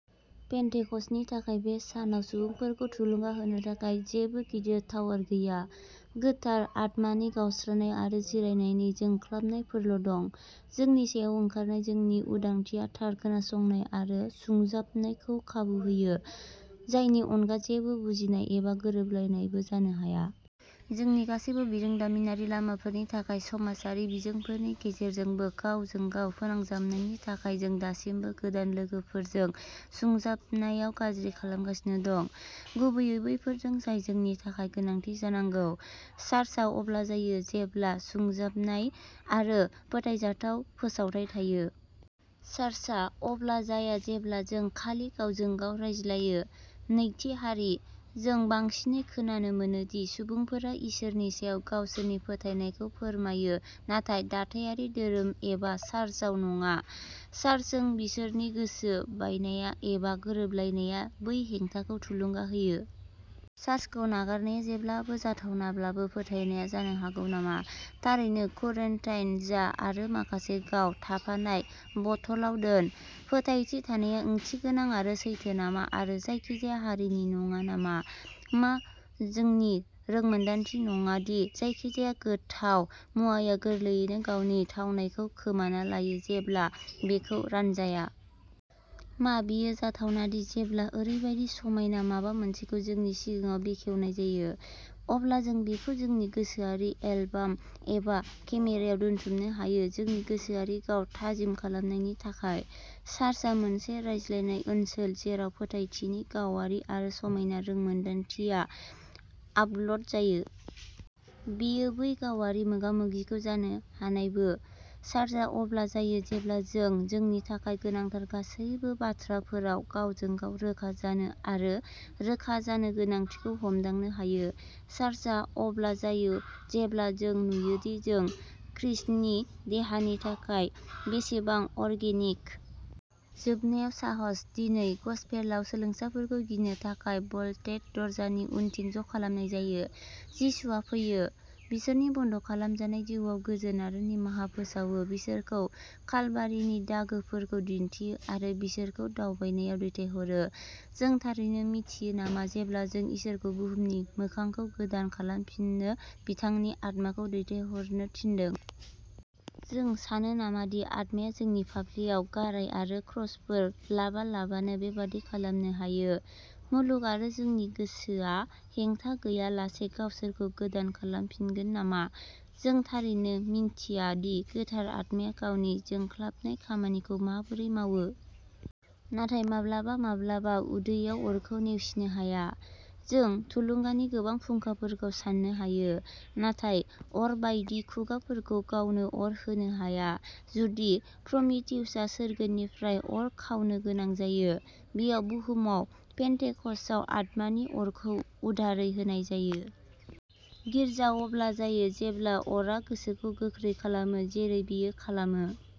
पेन्टेकस्टनि थाखाय बे सानाव सुबुंफोरखौ थुलुंगा होनो थाखाय जेबो गिदिर टावार गैया। गोथार आत्मानि गावस्रानाय आरो जिरायनायनि जोंख्लाबनायफोरल' दं। जोंनि सायाव ओंखारनाय जोंनि उदांथिया थार खोनासंनाय आरो सुंजाबनायखौ खाबु होयो। जायनि अनगा जेबो बुजिनाय एबा गोरोबलायनायबो जानो हाया। जोंनि गासैबो बिरोंदामिनारि लामाफोरनि थाखाय समाजारि बिजोंफोरनि गेजेरजोंबो गावजों गाव फोनांजाबनायनि थाखाय जों दासिमबो गोदान लोगोफोरजों सुंजाबनायाव गाज्रि खालामगासिनो दं। गुबैयै बैफोरजों जाय जोंनि थाखाय गोनांथि जानांगौ। चार्चआ अब्ला जायो जेब्ला सुंजाबनाय आरो फोथायजाथाव फोसावथाय थायो। चार्चआ अब्ला जाया जेब्ला जों खालि गावजों गाव रायज्लायो। नैथि हारि। जों बांसिनै खोनानो मोनो दि सुबुंफोरा इसोरनि सायाव गावसोरनि फोथायनायखौ फोरमायो नाथाय दाथायारि धोरोम एबा चार्चआव नङा। चार्चजों बिसोरनि गोसो बायनाया एबा गोरोबलायनाया बै हेंथाखौ थुलुंगा होयो। चार्चखौ नागारनाया जेब्लाबो जाथावनाब्लाबो फोथायनाया जानो हागौ नामा? थारैनो क्वारान्टाइन जा आरो माखासे गाव थाफानाय बथलआव दोन? फोथायथि थानाया ओंथिगोनां आरो सैथो नामा आरो जायखिजाया हारिनि नङा नामा? मा जोंनि रोंमोनदांथिया नङा दि जायखिजाया गोथाव मुवाया गोरलैयैनो गावनि थावनायखौ खोमाना लायो जेब्ला बेखौ रानजाया? मा बेयो जाथावना दि जेब्ला ओरैबायदि समायना माबा मोनसेखौ जोंनि सिगाङाव बेखेवनाय जायो। अब्ला जों बेखौ जोंनि गोसोआरि एलबाम एबा केमेरायाव दोनथुमनो हायो जोंनि गोसोआरि गाव थाजिम खालामनायनि थाखाय? चार्चआ मोनसे रानलायनाय ओनसोल जेराव फोथायथिनि गावारि आरो समायना रोंमोनदांथिया आपल'ड जायो। बेयो बै गावारि मोगा-मोगिखौ जानो हानायबो। चार्चआ अब्ला जायो जेब्ला जों जोंनि थाखाय गोनांथार गासैबो बाथ्राफोराव गावजों-गाव रोखा जानो आरो रोखा जानो गोनांथिखौ हमदांनो हायो। चार्चआ अब्ला जायो जेब्ला जों नुयोदि जों खृष्टनि देहानि थाखाय बेसेबां अर्गेनिक। जोबनायाव साहस। दिनै गसपेलआव सोलोंसाफोरखौ गिनो थाखाय ब'ल्टेड दरजानि उनथिं ज'खालामनाय जायो। जिसुआ फैयो। बिसोरनि बन्द' खालामजानाय जिउआव गोजोन आरो निमाहा फोसावो बिसोरखौ कालभारिनि दागोफोरखौ दिन्थियो आरो बिसोरखौ दावबायनायाव दैथायहरो। जों थारैनो मिनथियो नामा जेब्ला जों इसोरखौ बुहुमनि मोखांखौ गोदान खालामफिननो बिथांनि आत्माखौ दैथायहरनो थिनदों? जों सानो नामा दि आत्माया जोंनि फाफ्लियाव गाराय आरो क्रसफोर लाबालाबानो बेबादि खालामनो हायो? मुलुग आरो जोंनि गोसोआ हेंथा गैयालासे गावसोरखौ गोदान खालामफिनगोन नामा? जों थारैनो मिनथिया दि गोथार आत्माया गावनि जोंख्लाबनाय खामानिखौ माबोरै मावो। नाथाय माब्लाबा माब्लाबा उदैयाव अरखौ नेवसिनो हाया। जों थुलुंगानि गोबां फुंखाफोरखौ साननो हायो। नाथाय अर बायदि खुगाफोरखौ गावनो अर होनो हाया। जुदि प्रमिथिउसआ सोरगोनिफ्राय अर खावनो गोनां जायो। बेयाव बुहुमाव पेन्टेकस्टआव आत्मानि अरखौ उदारै होनाय जायो। गिर्जा अब्ला जायो जेब्ला अरआ गोसोखौ गोख्रै खालामो जेरै बेयो खालामो।